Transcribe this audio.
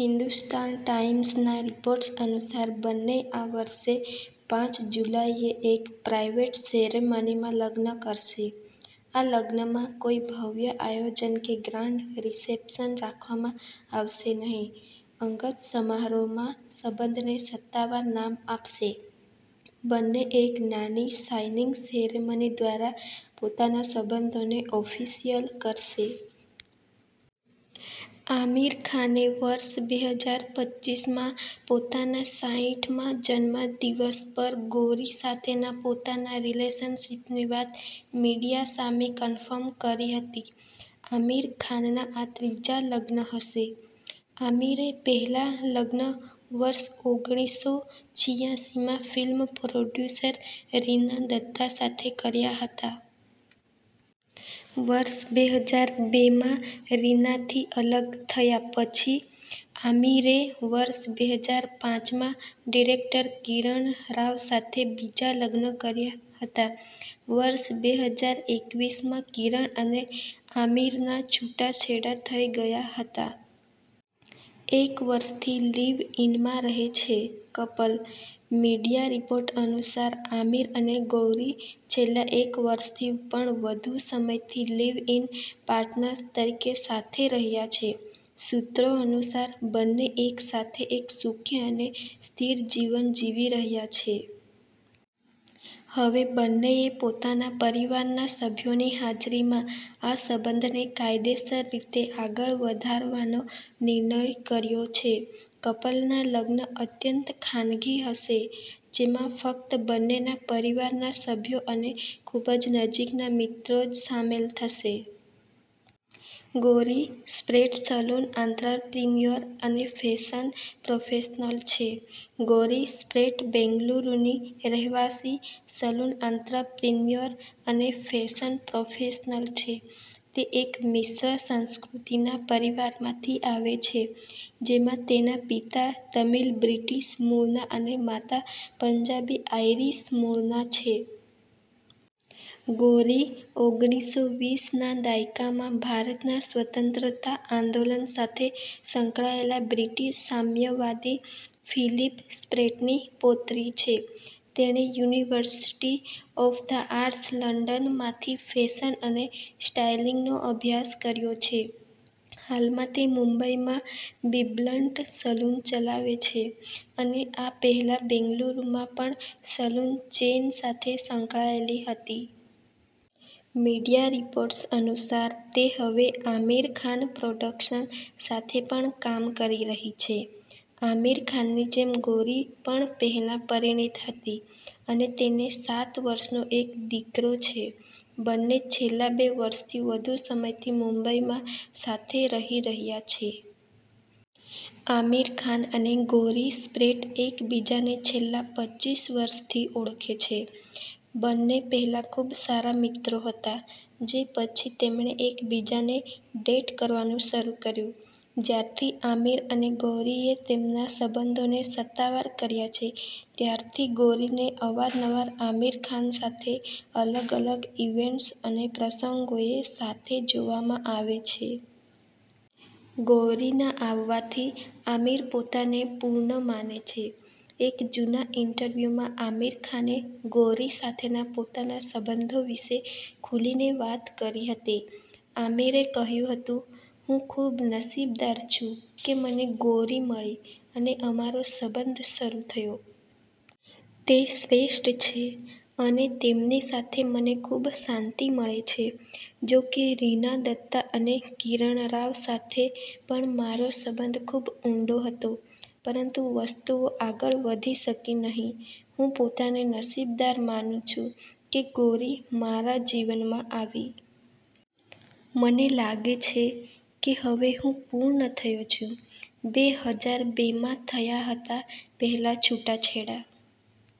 હિન્દુસ્તાન ટાઈમ્સ'ના રિપોર્ટ અનુસાર, બંને આ વર્ષે પાંચ જુલાઈએ એક પ્રાઈવેટ સેરેમનીમાં લગ્ન કરશે. આ લગ્નમાં કોઈ ભવ્ય આયોજન કે ગ્રાન્ડ રિસેપ્શન રાખવામાં આવશે નહીં. અંગત સમારોહમાં સંબંધને સત્તાવાર નામ આપશે. બંને એક નાની સાઈનિંગ સેરેમની દ્વારા પોતાના સંબંધોને ઓફિશિયલ કરશે. આમિર ખાને વર્ષ બે હજાર પચ્ચીસમાં પોતાના સાઈઠ મા જન્મદિવસ પર ગૌરી સાથેના પોતાના રિલેશનશિપની વાત મીડિયા સામે કન્ફર્મ કરી હતી. આમિર ખાનના આ ત્રીજા લગ્ન હશે. આમિરે પહેલા લગ્ન વર્ષ ઓગરીસો છીયાસી માં ફિલ્મ પ્રોડ્યુસર રીના દત્તા સાથે કર્યા હતા. વર્ષ બે હજાર બે માં રીનાથી અલગ થયા પછી, આમિરે વર્ષ બે હજાર પાંચ માં ડિરેક્ટર કિરણ રાવ સાથે બીજા લગ્ન કર્યા હતા. વર્ષ બે હજાર એકવીસ માં કિરણ અને આમિરના છૂટાછેડા થઈ ગયા હતા. એક વર્ષથી લિવ-ઇનમાં રહે છે કપલ. મીડિયા રિપોર્ટ અનુસાર, આમિર અને ગૌરી છેલ્લા એક વર્ષથી પણ વધુ સમયથી લિવ-ઇન પાર્ટનર તરીકે સાથે રહ્યા છે. સૂત્રો અનુસાર, બંને એક સાથે એક સુખી અને સ્થિર જીવન જીવી રહ્યા છે. હવે બંનેએ પોતાના પરિવારના સભ્યોની હાજરીમાં આ સંબંધને કાયદેસર રીતે આગળ વધારવાનો નિર્ણય કર્યો છે. કપલના લગ્ન અત્યંત ખાનગી હશે, જેમાં ફક્ત બંનેના પરિવારના સભ્યો અને ખૂબ જ નજીકના મિત્રો જ સામેલ થશે. ગૌરી સ્પ્રેટ સલૂન આંત્રપ્રિન્યોર અને ફેશન પ્રોફેશનલ છે. ગૌરી સ્પ્રેટ બેંગલુરુની રહેવાસી, સલૂન આંત્રપ્રિન્યોર, અને ફેશન પ્રોફેશનલ છે. તે એક મિશ્ર સંસ્કૃતિના પરિવારમાંથી આવે છે, જેમાં તેના પિતા તમિલ-બ્રિટિશ મૂળના અને માતા પંજાબી-આઇરિશ મૂળના છે. ગૌરી ઓગરીસો વીસ ના દાયકામાં ભારતના સ્વતંત્રતા આંદોલન સાથે સંકળાયેલા બ્રિટિશ સામ્યવાદી ફિલિપ સ્પ્રેટની પૌત્રી છે. તેણે university 'of the arts London' માંથી ફેશન અને સ્ટાઇલિંગનો અભ્યાસ કર્યો છે. હાલમાં તે મુંબઈમાં 'બીબ્લન્ટ' સલૂન ચલાવે છે, અને આ પહેલા બેંગલુરુમાં પણ સલૂન ચેઇન સાથે સંકળાયેલી હતી. મીડિયા રિપોર્ટ્સ અનુસાર તે હવે આમિર ખાન પ્રોડક્શન્સ સાથે પણ કામ કરી રહી છે. આમિર ખાનની જેમ ગૌરી પણ પહેલા પરિણીત હતી અને તેને સાત વર્ષનો એક દીકરો છે. બંને છેલ્લા બે વર્ષથી વધુ સમયથી મુંબઈમાં સાથે રહી રહ્યા છે. આમિર ખાન અને ગૌરી સ્પ્રેટ એકબીજાને છેલ્લા પચ્ચીસ વર્ષથી ઓળખે છે. બંને પહેલા ખૂબ સારા મિત્રો હતા, જે પછી તેમણે એકબીજાને ડેટ કરવાનું શરૂ કર્યું. જ્યારથી આમિર અને ગૌરીએ તેમના સંબંધોને સત્તાવાર કર્યા છે, ત્યારથી ગૌરીને અવારનવાર આમિર ખાન સાથે અલગ-અલગ ઇવેન્ટ્સ અને પ્રસંગોએ સાથે જોવામાં આવે છે. ગૌરીના આવવાથી આમિર પોતાને પૂર્ણ માને છે. એક જૂના ઇન્ટરવ્યુમાં આમિર ખાને, ગૌરી સાથેના પોતાના સંબંધો વિશે ખુલીને વાત કરી હતી. આમિરે કહ્યું હતું, "હું ખૂબ નસીબદાર છું કે મને ગૌરી મળી અને અમારો સંબંધ શરૂ થયો. તે શ્રેષ્ઠ છે અને તેમની સાથે મને ખૂબ શાંતિ મળે છે. જોકે, રીના દત્તા અને કિરણ રાવ સાથે પણ મારો સંબંધ ખૂબ ઊંડો હતો, પરંતુ વસ્તુઓ આગળ વધી શકી નહીં. હું પોતાને નસીબદાર માનું છું કે ગૌરી મારા જીવનમાં આવી. મને લાગે છે કે હવે હું પૂર્ણ થયો છું." બે હજાર બે માં થયા હતા પહેલા છૂટાછેડા.